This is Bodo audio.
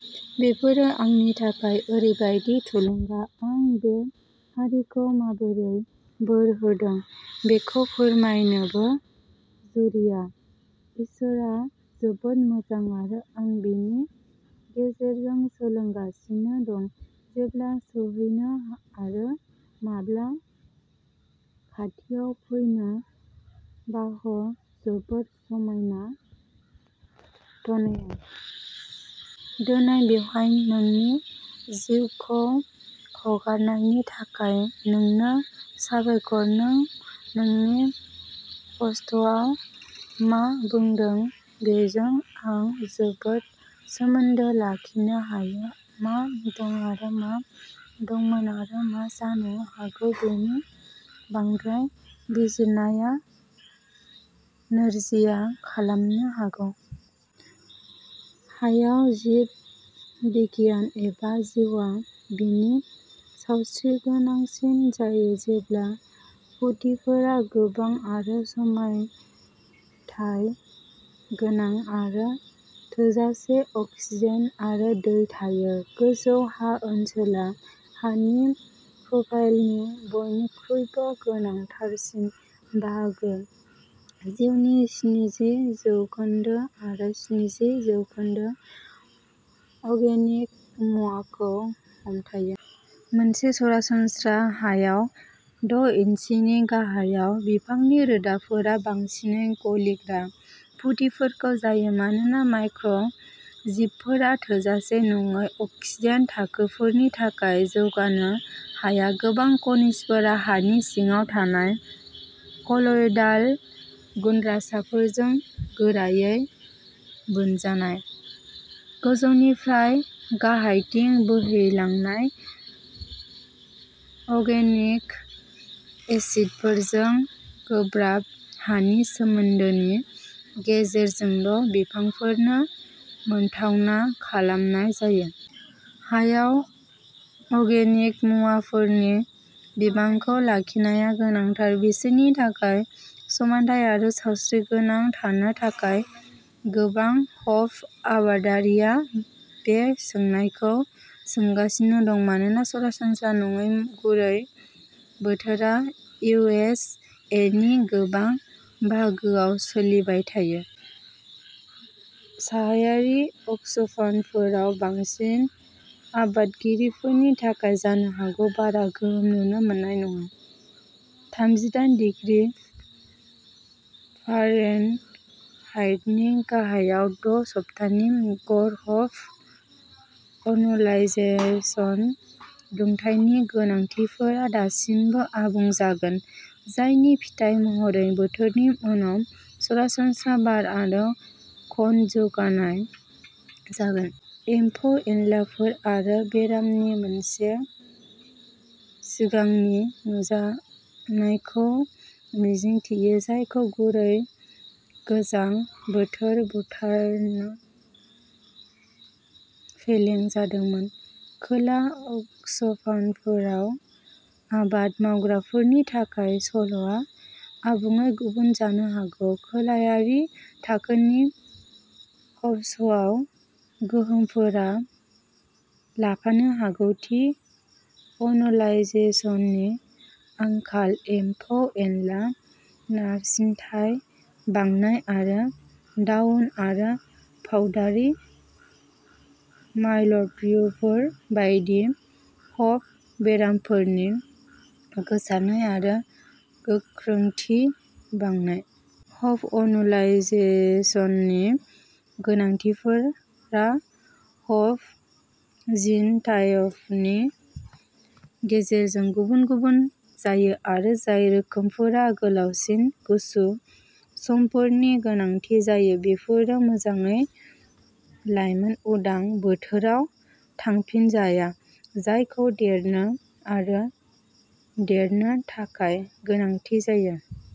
बेफोरो आंनि थाखाय ओरैबादि थुलुंगा। आं बे हारिखौ माबोरै बोर होदों बेखौ फोरमायनोबो जुरिया। इसोरआ जोबोद मोजां आरो आं बिनि गेजेरजों सोलोंगासिनो दं जेब्ला सौहैनो आरो माब्ला खाथियाव फैनो। बाह जोबोद समायना टन्या। दोनै बेवहाय नोंनि जिउखौ हगारनायनि थाखाय नोंनो साबायखर। नों नोंनि पस्ट'आव मा बुंदों बेजों आं जोबोद सोमोन्दो लाखिनो हायो। मा दं आरो मा दंमोन आरो मा जानो हागौ बेनि बांद्राय बिजिरनाया नोरजिया खालामनो हागौ। हायाव जिब बिगियान एबा जिउआ बिनि सावस्रिगोनांसिन जायो जेब्ला पुटिफोरा गोबां आरो समानथाय गोनां, आरो थोजासे अक्सिजेन आरो दै थायो। गोजौ हा ओनसोला हानि प्रफाइलनि बयनिख्रुइबो गोनांथारसिन बाहागो जिउनि स्निजि जौखोन्दो आरो स्निजि जौखोन्दो अर्गेनिक मुवाखौ हमथायो। मोनसे सरासनस्रा हायाव, द' इन्सिनि गाहायाव बिफांनि रोदाफोरा बांसिनै गलिग्रा पुडिफोरखौ जायो मानोना माइक्र'जिबफोरा थोजासे नङै अक्सिजेन थाखोफोरनि थाखाय जौगानो हाया। गोबां खनिजफोरा हानि सिङाव थानाय कल'यडाल गुनद्रासाफोरजों गोरायै बोनजानाय, गोजौनिफ्राय गाहायथिं बोहैलांनाय अर्गेनिक एसिडफोरजों गोब्राब हानि सोमोन्दोनि गेजेरजोंल' बिफांफोरनो मोनथावना खालामनाय जायो। हायाव अगेनिक मुवाफोरनि बिबांखौ लाखिनाया गोनांथार। बिसोरनि थाखाय समानथाय आरो सावस्रिगोनां थानो थाखाय। गोबां हप आबादारिया बे सोंनायखौ सोंगासिनो दं मानोना सरासनस्रा नङै गुरै बोथोरा इउ एस ए नि गोबां बाहागोआव सोलिबाय थायो। साहायारि अक्षफानफोराव बांसिन आबादगिरिफोरनि थाखाय जानो हागौ बारा गोहोम नुनो मोननाय नङा। थामजिदायेन दिग्रि फारेनहाइटनि गाहायाव द' सप्तानि गर हप वर्नलाइजेशन दुंथायनि गोनांथिफोरा दासिमबो आबुं जागोन, जायनि फिथाय महरै बोथोरनि उनाव सरासनस्रा बार आरो कन जौगानाय जागोन। एम्फौ-एनलाफोर आरो बेरामनि मोनसे सिगांनि नुजानायखौ मिजिंथियो जायखौ गुरै गोजां बोथोर बुथारनो फेलें जादोंमोन। खोला अक्षफानफोराव आबाद मावग्राफोरनि थाखाय सल'आ आबुङै गुबुन जानो हागौ। खोलायारि थाखोनि हप्स'आव गोहोमफोरा लाफानो हागौ थि वर्नलाइजेशननि आंखाल, एम्फौ-एनला नारसिनथाय बांनाय, आरो डाउन आरो पाउडारि माइल्ड्युफोर बायदि हप बेरामफोरनि गोसारनाय आरो गोख्रोंथि बांनाय। हप वर्नलाइजेशननि गोनांथिफोरा हप जिन'टाइपनि गेजेरजों गुबुन-गुबुन जायो आरो जाय रोखोमफोरा गोलावसिन गुसु समफोरनि गोनांथि जायो बेफोरो मोजाङै लायमोन उदां बोथोराव थांफिनजाया जायखौ देरनो आरो देरनो थाखाय गोनांथि जायो।